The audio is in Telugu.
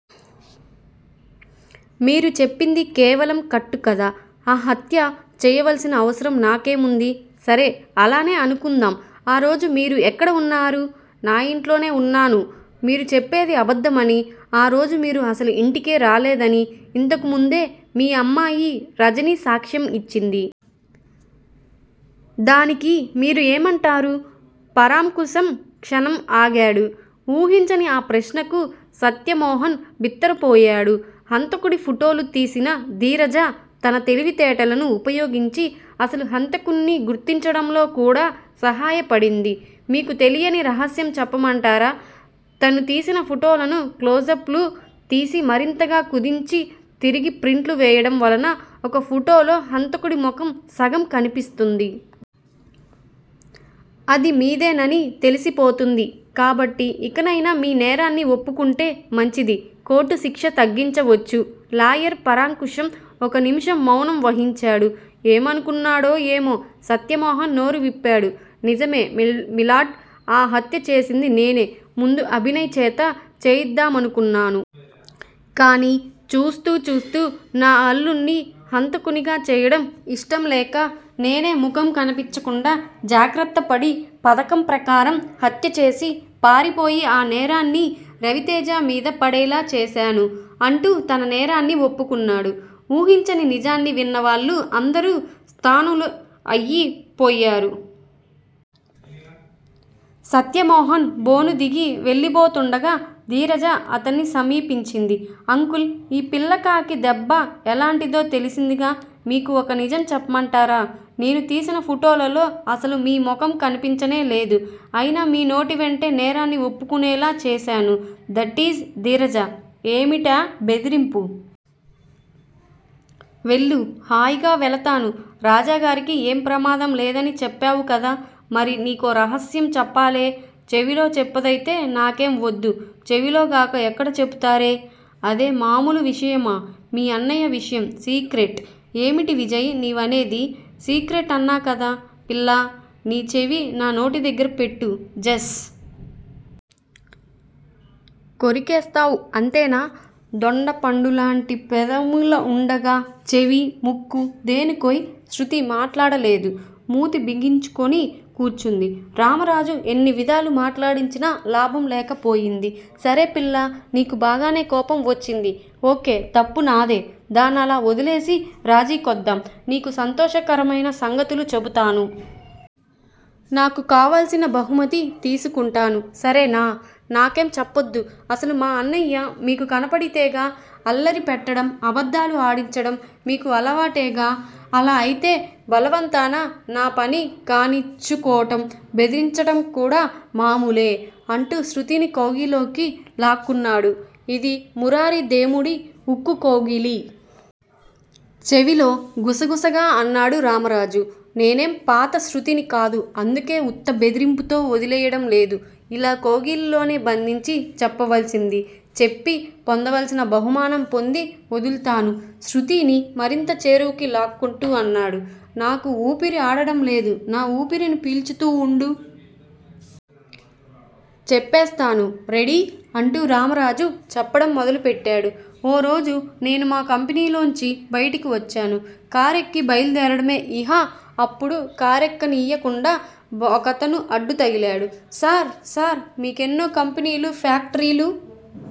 మీరు చెప్పింది కేవలం కట్టుకథ ఆ హత్య చేయవలసిన అవసరం నాకేముంది? సరే, అలానే అనుకుందాం ఆ రోజు మీరు ఎక్కడ ఉన్నారు? నా ఇంట్లోనే వున్నాను మీరు చెప్పేది అబద్దమని, ఆ రోజు మీరు అసలు ఇంటికి రాలేదని ఇంతకుముందే మీ అమ్మాయి రజని సాక్ష్యం ఇచ్చింది. దానికి మీరు ఏమంటారు? పరాంకుశం క్షణం ఆగాడు. ఊహించని ఆ ప్రశ్నకు సత్యమోహన్ బిత్తరపోయాడు. హంతుకుడి ఫోటోలు తీసిన ధీరజ తన తెలివితేటలను ఉపయోగించి అసలు హంతకుడ్ని గుర్తించడంలో కూడా సహయాపడింది. మీకు తెలియని రహస్యం చెప్పమటారా. తను తీసిన ఫోటోలను క్లోజప్ లు తీసి మరింతగా కుదించి తిరిగి ప్రింట్లు వేయడం వలన ఒక ఫోటోలో హంతకుడి ముఖం సగం కనిపిస్తుంది. అది మీదేనని తెలిసి పోతుంది కాబట్టి ఇకనయినా మీ నేరాన్ని ఒప్పుకుంటే మంచిది కోర్టు శిక్ష తగ్గించవచ్చు లాయర్ పరాంకుశం ఒక నిముషం మౌనం వహించాడు. ఏమనుకున్నాడో ఏమో సత్యమోహన్ నోరు విప్పాడు. నిజమే మిలార్డ్ ఆ హత్య చేసింది నేనే ముందు అభినయ్ చేత చేయిద్దామనుకున్నాను. కానీ చూస్తూ చూస్తూ నా అల్లుడ్ని హంతకునిగా చేయడం ఇష్టం లేక నేనే ముఖం కనిపించకుండా జాగ్రత్తపడి పధకం ప్రకారం హత్య చేసి పారిపోయి ఆ నేరాన్ని రవితేజ మీద పడేలా చేశాను అంటూ తన నేరాన్ని ఒప్పుకున్నాడు. ఊహించని నిజాన్ని విన్న వాళ్ళు అందరూ స్థాణువులయి పోయారు. సత్యమోహన్ బోను దిగి వెళ్ళిపోబోతుండగా ధీరజ అతన్ని సమీపించింది. అంకుల్ ఈ పిల్లకాకి దెబ్బ ఎలాంటిదో తెలిసిందిగా మీకు ఒక నిజం చెప్పమంటారా? నేను తీసిన ఫోటోలలో అసలు మీ ముఖం కనిపించనేలేదు. ఐనా మీ నోటివెంటే నేరాన్ని ఒప్పుకునేలా చేశాను దటీజ్ ధీరజ। ఏమిటా బెదిరింపు? వెళ్ళు. హాయిగా వేళతాను. రాజాగారికి ఏం ప్రమాదం లేదని చెప్పావుకదా! మరీ నీకో రహస్యం చెప్పాలే. చెవిలో చెప్పేదయితే నాకేం వద్దు. చెవిలోగాక ఎక్కడ చెపుతారే? అదే మామూలు విషయమా, మీ అన్నయ్య విషయం సీక్రెట్ ఏమిటీ విజయ్ నీవనేది? సీక్రెట్ అన్నాకదా పిల్లా! నీ చెవి నా నోటిదగ్గర పెట్టు, జస్. కొరికేస్తావ్ అంతేనా? దొండపండులాంటి పెదిమలుండగా చెవి, ముక్కు దేనికోయ్ శృతి మాట్లాడలేదు. మూతి బిగించుకుని కూర్చుంది. రామరాజు ఎన్నివిధాల మాట్లాడించినా లాభం లేక పోయింది. సరే పిల్లా! నీకు బాగానే కోపం వచ్చింది. ఓకే. తప్పు నాదే. దాన్నలా వదిలేసి రాజీకొద్దాం. నీకు సంతోషకరమైన సంగతులు చెపుతాను. నాకు కావాల్సిన బహుమతి తీసుకుంటాను సరేనా! నాకేం చెప్పద్దు, అసలు మా అన్నయ్య మీకు కనపడితేగా, అల్లరి పెట్టడం, అబద్దాలు ఆడించటం మీకు అలవాటేగా! అలా అయితే బలవంతాన నా పని కానిచ్చుకోటం, బెదిరించటంకూడా మామూలే. అంటూ శృతిని కౌగిలిలోకి లాక్కున్నాడు. ఇది మురారిదేముడి ఉక్కుకౌగిలి. చెవిలో గుసగుసగా అన్నాడు రామరాజు. నేనేం పాత శృతిని కాదు. అందుకే ఉత్త బెదిరింపుతో వదిలెయ్యటంలేదు. ఇలా కౌగిలిలోనే బంధించి చెప్పవలసింది చెప్పి పొందవలసిన బహుమానం పోంది వదులుతాను శృతిని మరింత చేరువకి లాక్కుంటూ అన్నాడు. నాకు వూపిరి ఆడటం లేదు. నా వూపిరి పీల్చుతూ వుండు. చెప్పేస్తాను. రెడీ. అంటూ రామరాజు చెప్పటం మొదలుపెట్టాడు. ఓ రోజు నేను మా కంపెనీలోంచి బైటికి వచ్చాను. కారెక్కి బైలుదేరటమే యిహ, అప్పుడు కారెక్కనీయ కుండా ఒకతను అడ్డు తగిలాడు. సార్, సార్ మీ కెన్నో కంపెనీలు, ఫ్యాక్టరీలు